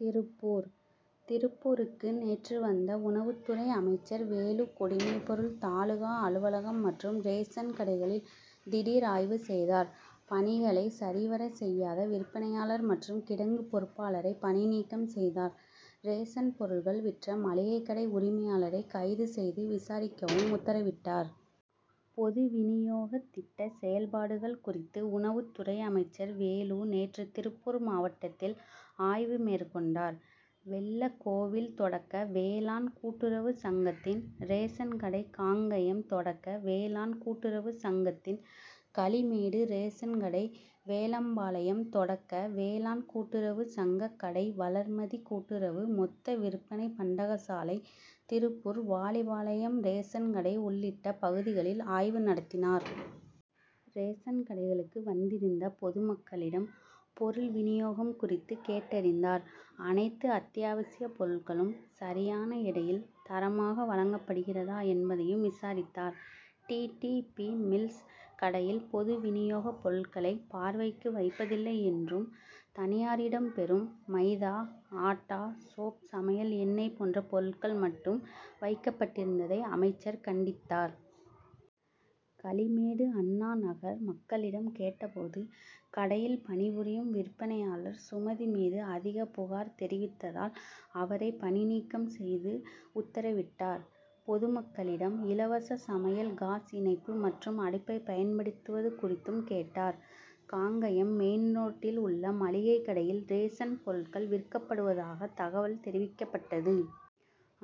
திருப்பூர் திருப்பூருக்கு நேற்று வந்த உணவுத்துறை அமைச்சர் வேலு குடிமைப்பொருள் தாலுகா அலுவலகம் மற்றும் ரேஷன் கடைகளில் திடீர் ஆய்வு செய்தார். பணிகளை சரிவர செய்யாத விற்பனை யாளர் மற்றும் கிடங்கு பொறுப்பாளரை பணி நீக்கம் செய்தார். ரேஷன் பொருட்கள் விற்ற மளிகைக் கடை உரிமையாளரை கைது செய்து விசாரிக்கவும் உத்தரவிட்டார். பொது வினியோக திட்ட செயல்பாடுகள் குறித்து உணவுத் துறை அமைச்சர் வேலு நேற்று திருப்பூர் மாவட்டத்தில் ஆய்வு மேற்கொண்டார். வெள்ள கோவில் தொடக்க வேளாண் கூட்டுறவு சங்கத்தின் ரேஷன் கடை காங்கயம் தொடக்க வேளாண் கூட்டுறவு சங்கத்தின் களிமேடு ரேஷன் கடை வேலம்பாளையம் தொடக்க வேளாண் கூட்டுறவு சங்க கடை வளர்மதி கூட்டுறவு மொத்த விற்பனை பண்டகசாலை திருப்பூர் வாலிபாளையம் ரேஷன் கடை உள்ளிட்ட பகுதிகளில் ஆய்வு நடத்தினார். ரேஷன் கடைகளுக்கு வந் திருந்த பொதுமக்களிடம் பொருள் வினியோகம் குறித்து கேட்டறிந்தார். அனைத்து அத்தி யாவசிய பொருட்களும் சரி யான எடையில் தரமாக வழங்கப்படுகிறதா என்பதையும் விசாரித்தார். டி. டி. பி. மில்ஸ் கடையில் பொது வினியோக பொருட்களை பார்வைக்கு வைப்பதில்லை என்றும் தனியாரிடம் பெறும் மைதா ஆட்டா சோப் சமையல் எண்ணெய் போன்ற பொருட்கள் மட்டும் வைக்கப்பட்டிருந்ததை அமைச்சர் கண்டித்தார். களிமேடு அண்ணா நகர் மக் களிடம் கேட்டபோது கடையில் பணிபுரியும் விற்பனை யாளர் சுமதி மீது அதிக புகார் தெரிவித்ததால் அவரை பணி நீக்கம் செய்து உத்தரவிட்டார். பொதுமக்களிடம் இலவச சமையல் காஸ் இணைப்பு மற்றும் அடுப்பை பயன்படுத்து வது குறித்தும் கேட்டார். காங்கயம் மெயின் ரோட்டில் உள்ள மளிகை கடையில் ரேஷன் பொருட்கள் விற்கப் படுவதாக தகவல் தெரிவிக்கப் பட்டது.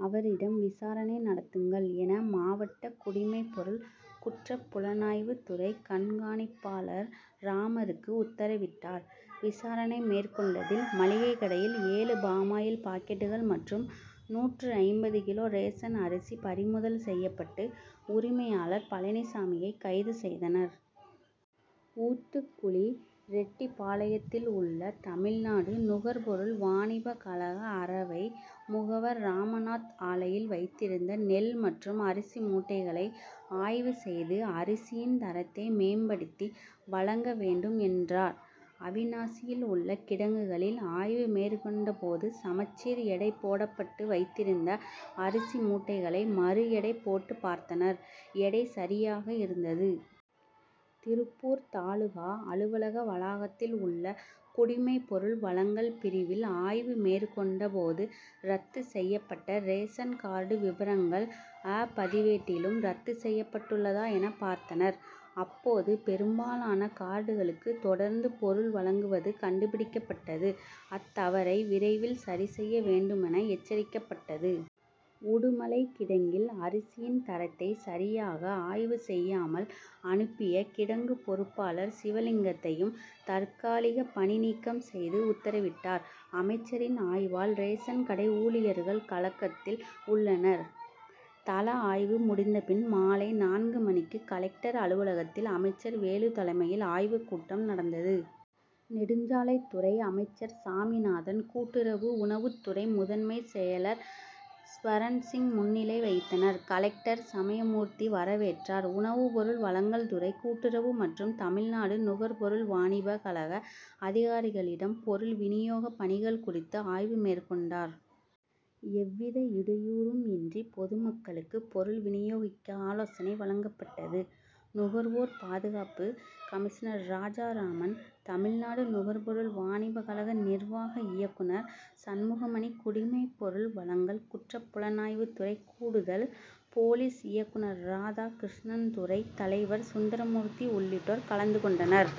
அவரிடம் விசாரணை நடத்துங்கள் என மாவட்ட குடிமைப்பொருள் குற்றப் புலனாய்வு துறை கண்காணிப் பாளர் ராமருக்கு உத்தரவிட்டார். விசாரணை மேற்கொண்டதில் மளிகை கடையில் ஏழு பாமாயில் பாக்கெட்டுகள் மற்றும் நூற்று ஐம்பது கிலோ ரேஷன் அரிசி பறிமுதல் செய்யப்பட்டு உரிமை யாளர் பழனிசாமியை கைது செய்தனர். ஊத்துக்குளி ரெட்டிபாளையத்தில் உள்ள தமிழ்நாடு நுகர்பொருள் வாணிப கழக அரவை முகவர் ராமநாத் ஆலையில் வைத்திருந்த நெல் மற்றும் அரிசி மூட்டைகளை ஆய்வு செய்து அரிசியின் தரத்தை மேம்படுத்தி வழங்க வேண்டும் என்றார். அவிநாசியில் உள்ள கிடங்குகளில் ஆய்வு மேற்கொண்ட போது சமச்சீர் எடை போடப்பட்டு வைத்திருந்த அரிசி மூட்டைகளை மறு எடை போட்டு பார்த்தனர் எடை சரியாக இருந்தது. திருப்பூர் தாலுகா அலுவலக வளாகத்தில் உள்ள குடிமைப்பொருள் வழங்கல் பிரிவில் ஆய்வு மேற்கொண்ட போது ரத்து செய்யப்பட்ட ரேஷன் கார்டு விபரங்கள் 'அ' பதிவேட்டிலும் ரத்து செய்யப் பட்டுள்ளதா என பார்த்தனர். அப்போது பெரும்பாலான கார்டுகளுக்கு தொடர்ந்து பொருள் வழங்குவது கண்டுபிடிக்கப்பட்டது அத்தவறை விரைவில் சரி செய்ய வேண்டுமென எச்சரிக்கப்பட்டது. உடுமலை கிடங்கில் அரிசியின் தரத்தை சரியாக ஆய்வு செய்யாமல் அனுப்பிய கிடங்கு பொறுப்பாளர் சிவ லிங்கத்தையும் தற்காலிக பணி நீக்கம் செய்து உத்தரவிட்டார். அமைச்சரின் ஆய்வால் ரேஷன் கடை ஊழியர்கள் கலக்கத்தில் உள்ளனர். தல ஆய்வு முடிந்தபின் மாலை நான்கு மணிக்கு கலெக்டர் அலுவலகத்தில் அமைச்சர் வேலு தலைமையில் ஆய்வு கூட்டம் நடந்தது. நெடுஞ்சாலைத் துறை அமைச்சர் சாமிநாதன் கூட்டுறவு உணவுத் துறை முதன்மை செயலர் ஸ்வரன்சிங் முன்னிலை வகித்தனர். கலெக்டர் சமயமூர்த்தி வர வேற்றார். உணவு பொருள் வழங்கல் துறை கூட்டுறவு மற்றும் தமிழ்நாடு நுகர்பொருள் வாணிப கழக அதிகாரிகளிடம் பொருள் வினியோக பணிகள் குறித்து ஆய்வு மேற்கொண்டார். எவ்வித இடையூறும் இன்றி பொதுமக்களுக்கு பொருள் வினியோகிக்க ஆலோசனை வழங்கப்பட்டது. நுகர்வோர் பாதுகாப்பு கமிஷனர் ராஜா ராமன் தமிழ்நாடு நுகர்பொருள் வாணிப கழக நிர்வாக இயக் குனர் சண்முகமணி குடிமைப் பொருள் வழங்கல் குற்றப் புலனாய்வுத்துறை கூடுதல் போலீஸ் இயக்குனர் ராதா கிருஷ்ணன் துறை தலைவர் சுந்தரமூர்த்தி உள்ளிட்டோர் கலந்துகொண்டனர்.